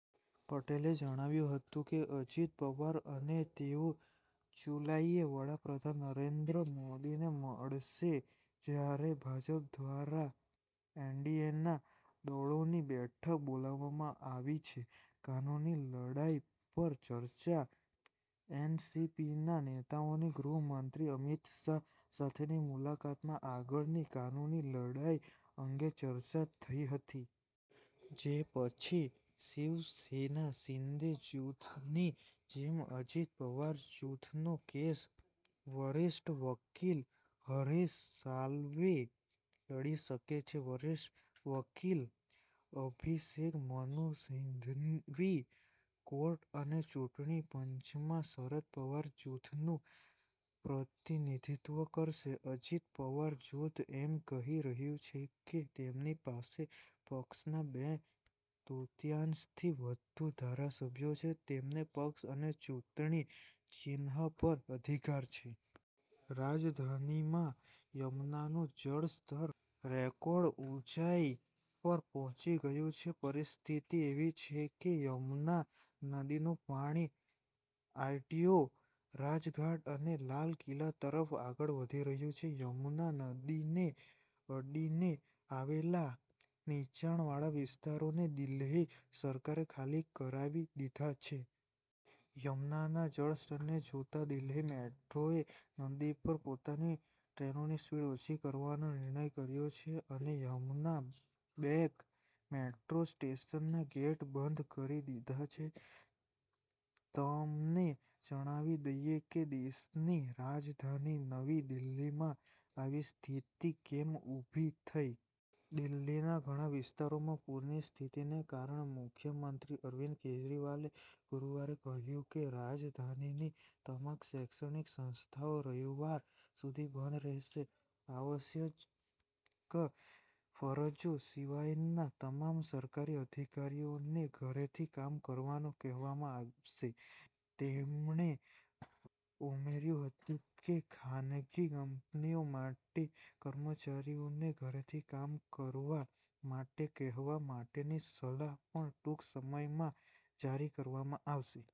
પટેલે જણાવ્યું હતું કે અજિત પવાર અને તેઓ જુલાઈએ વડા પ્રધાન નરેન્દ્ર મોદીને મળશે જ્યારે ભાજપ દ્વારા એનડીએના દળોની બેઠક બોલાવવામાં આવી છે. કાનૂની લડાઈ પર ચર્ચા એનસીપીના નેતાઓની ગૃહમંત્રી અમિત શાહ સાથેની મુલાકાતમાં આગળની કાનૂની લડાઈ અંગે ચર્ચા થઈ હતી. જે પછી શિવસેના શિંદે જૂથની જેમ અજિત પવાર જૂથનો કેસ વરિષ્ઠ વકીલ હરીશ સાલ્વે લડી શકે છે. વરિષ્ઠ વકીલ અભિષેક મનુ સિંઘવી કોર્ટ અને ચૂંટણી પંચમાં શરદ પવાર જૂથનું પ્રતિનિધિત્વ કરશે. અજિત પવાર જૂથ એમ કહી રહ્યું છે કે તેમની પાસે પક્ષના બે તૃતીયાંશથી વધુ ધારાસભ્યો છે, તેમને પક્ષ અને ચૂંટણી ચિહ્ન પર અધિકાર છે. રાજધાનીમાં યમુનાનું જળ સ્તર રેકોર્ડ ઉંચાઇ પર પહોંચી ગયું છે. પરિસ્થિતિ એવી છે કે યમુના નદીનું પાણી આઈટીઓ, રાજઘાટ અને લાલ કિલ્લા તરફ આગળ વધી રહ્યું છે. યમુના નદીને અડીને આવેલા નીચાણવાળા વિસ્તારોને દિલ્હી સરકારે ખાલી કરાવી દીધા છે. યમુનાના જળસ્તરને જોતા દિલ્હી મેટ્રોએ નદી પર પોતાની ટ્રેનોની સ્પીડ ઓછી કરવાનો નિર્ણય કર્યો છે અને યમુના બેંક મેટ્રો સ્ટેશનના ગેટ બંધ કરી દીધા છે. તમને જણાવી દઈએ કે દેશની રાજધાની નવી દિલ્હીમાં આવી સ્થિતિ કેમ ઉભી થઈ. દિલ્હીના ઘણા વિસ્તારોમાં પૂરની સ્થિતિને કારણે મુખ્યમંત્રી અરવિંદ કેજરીવાલે ગુરુવારે કહ્યું કે રાજધાનીની તમામ શૈક્ષણિક સંસ્થાઓ રવિવાર સુધી બંધ રહેશે. આવશ્યક ફરજો સિવાયના તમામ સરકારી અધિકારીઓને ઘરેથી કામ કરવાનું કહેવામાં આવશે. તેમણે ઉમેર્યું હતું કે ખાનગી કંપનીઓ માટે કર્મચારીઓને ઘરેથી કામ કરવા માટે કહેવા માટેની સલાહ પણ ટૂંક સમયમાં જારી કરવામાં આવશે.